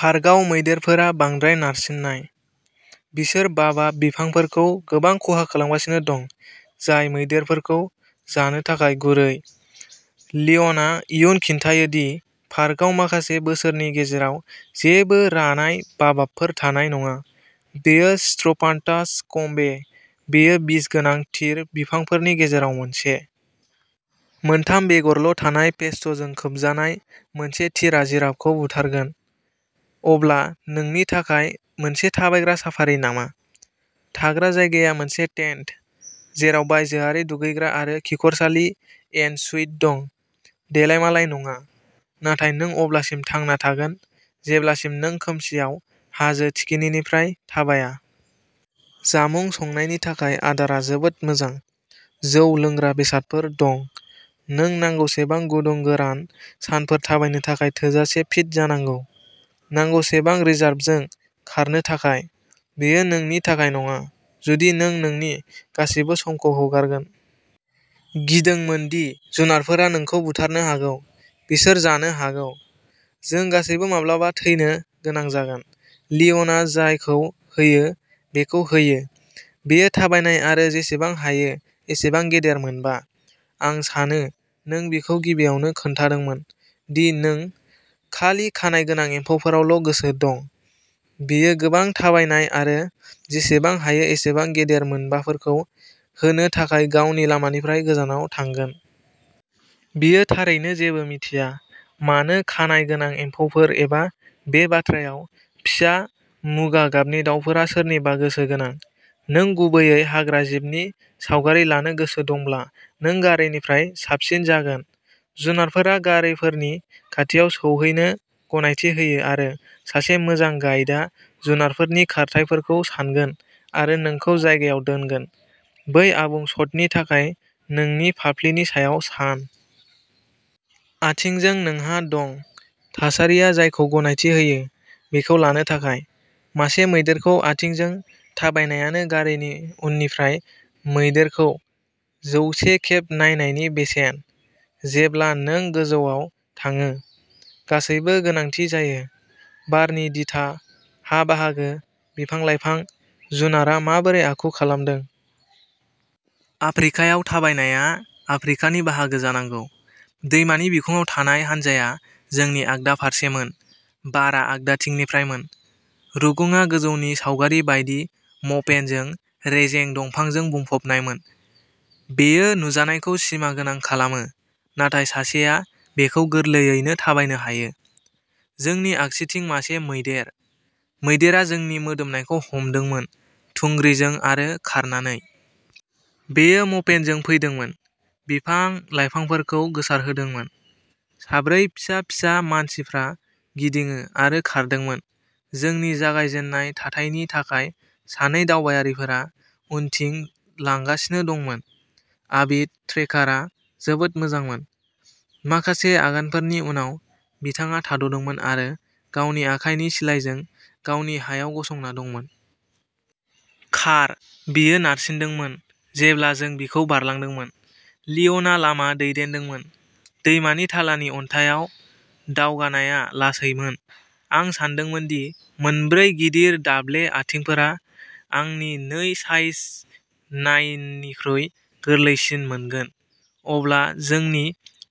पार्कआव मैदेरफोरा बांद्राय नारसिननाय। बिसोर बाबाब बिफांफोरखौ गोबां खहा खालामगासिनो दं, जाय मैदेरफोरखौ जानो थाखाय गुरै। लिय'नआ इयुन खिन्थायो दि पार्कआव माखासे बोसोरनि गेजेराव जेबो रानाय बाबाबफोर थानाय नङा। बेयो स्ट्र'फान्थास कम्बे, बेयो बिस गोनां थिर बिफांफोरनि गेजेराव मोनसे। मोनथाम बेगरल'थानाय पेस्टजों खोबजानाय मोनसे थिरआ जिराफखौ बुथारगोन। अब्ला, नोंनि थाखाय मोनसे थाबायग्रा साफारि नामा? थाग्रा जायगाया मोनसे टेन्ट जेराव बायजोआरि दुगैग्रा आरो खिखरसालि एन सुइट दं। देलायमालाय नङा, नाथाय नों अब्लासिम थांना थागोन जेब्लासिम नों खोमसिआव हाजो थिखिनिनिफ्राय थाबाया। जामुं संनायनि थाखाय आदारा जोबोद मोजां। जौ लोंग्रा बेसादफोर दं। नों नांगौसेबां गुदुं गोरान सानफोर थाबायनो थाखाय थोजासे फिट जानांगौ, नांगौसेबां रिजार्भजों खारनो थाखाय। बेयो नोंनि थाखाय नङा, जुदि नों नोंनि गासिबो समखौ हगारगोन। गिदोंमोन दि जुनारफोरा नोंखौ बुथारनो हागौ। बिसोर जानो हागौ जों गासैबो माब्लाबा थैनो गोनां जागोन। लिय'नआ जायखौ होयो बेखौ होयो, बेयो थाबायनाय आरो जेसेबां हायो एसेबां गेदेर मोनबा। आं सानो नों बिखौ गिबियावनो खोन्थादोंमोन दि नों खालि खानाय गोनां एम्फौफोरावल'गोसो दं, बियो गोबां थाबायनाय आरो जेसेबां हायो एसेबां गेदेर मोनबाफोरखौ होनो थाखाय गावनि लामानिफ्राय गोजानाव थांगोन। बियो थारैनो जेबो मिन्थिया मानो खानाय गोनां एम्फौफोर एबा, बे बाथ्रायाव, फिसा मुगा गाबनि दावफोरा सोरनिबा गोसो गोनां। नों गुबैयै हाग्राजिबनि सावगारि लानो गोसो दंब्ला नों गारिनिफ्राय साबसिन जागोन। जुनारफोरा गारिफोरनि खाथियाव सौहैनो गनायथि होयो आरो सासे मोजां गाइडा जुनारफोरनि खारथाइफोरखौ सान्गोन आरो नोंखौ जायगायाव दोनगोन, बै आबुं शटनि थाखाय नोंनि फाफ्लिनि सायाव सान। आथिंजों नोंहा दं। थासारिया जायखौ गनायथि होयो बेखौ लानो थाखाय। मासे मैदेरखौ आथिंजों थाबायनायानो गारिनि उननिफ्राय मैदेरखौ जौसे खेब नायनायनि बेसेन। जेब्ला नों गोजौआव थाङो, गासैबो गोनांथि जायो। बारनि दिथा, हा बाहागो, बिफां-लाइफां, जुनारआ माबोरै आखु खालामदों। आफ्रिकायाव थाबायनायआ आफ्रिकानि बाहागो जानांगौ। दैमानि बिखुंआव थानाय हानजाया जोंनि आगदा फारसेमोन, बारआ आगदाथिंनिफ्रायमोन। रुगुंआ गोजौनि सावगारि बायदि म'पेनजों रेजें दंफांजों बुंफबनायमोन। बेयो नुजानायखौ सिमागोनां खालामो नाथाय सासेआ बेखौ गोरलैयैनो थाबायनो हायो। जोंनि आगसिथिं मासे मैदेर मैदेरा जोंनि मोदोमनायखौ हमदोंमोन, थुंग्रिजों आरो खारनानै। बेयो म'पेनजों फैदोंमोन, बिफां-लाइफांफोरखौ गोसारहोदोंमोन। साब्रै फिसा-फिसा मानसिफ्रा गिदिङो आरो खारदोंमोन। जोंनि जागायजेननाय थाथायनि थाखाय सानै दावबायारिफोरा उनथिं लांगासिनो दंमोन। अबीद, ट्रेकारआ जोबोद मोजांमोन। माखासे आगानफोरनि उनाव बिथाङा थाद'दोंमोन आरो गावनि आखाइनि सिलाइजों गावनि हायाव गसंना दंमोन। खार बियो नारसिनदोंमोन जेब्ला जों बिखौ बारलांदोंमोन। लिय'नआ लामा दैदेनदोंमोन। दैमानि थालानि अन्थाइआव दावगानायआ लासैमोन, आं सानदोंमोन दि मोनब्रै गिदिर दाब्ले आथिंफोरा आंनि नै साइज नाइननिख्रुइ गोरलैसिन मोनगोन। अब्ला जोंनि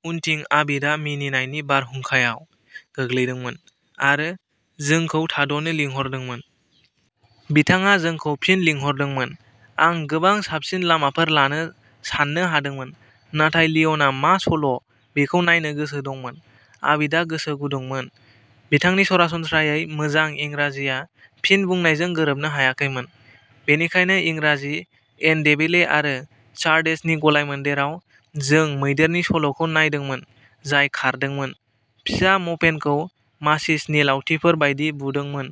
उनथिं अबीदआ मिनिनायनि बारहुंखायाव गोग्लैदोंमोन आरो जोंखौ थाद'नो लिंहरदोंमोन। बिथाङा जोंखौ फिन लिंहरदोंमोन। आं गोबां साबसिन लामाफोर लानो सान्नो हादोंमोन नाथाय लिय'नआ मा सल'बेखौ नायनो गोसो दंमोन। अबीदआ गोसो गुदुंमोन, बिथांनि सरासनस्रायै मोजां इंराजिया फिन बुंनायजों गोरोबनो हायाखैमोन। बेनिखायनो इंराजि, एनडेबेले आरो चार्डेसनि गलायमोन्देराव जों मैदेरनि सल'खौ नायदोंमोन जाय खारदोंमोन, फिसा म'पेनखौ माचिसनि लावथिफोर बायदि बुदोंमोन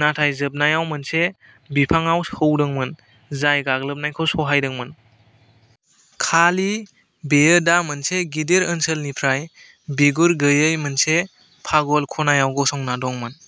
नाथाय जोबनायाव मोनसे बिफांआव सौदोंमोन जाय गाग्लोबनायखौ सहायदोंमोन। खालि, बेयो दा मोनसे गिदिर ओनसोलनिफ्राय बिगुर गैयै मोनसे पागल खनायाव गसंना दंमोन।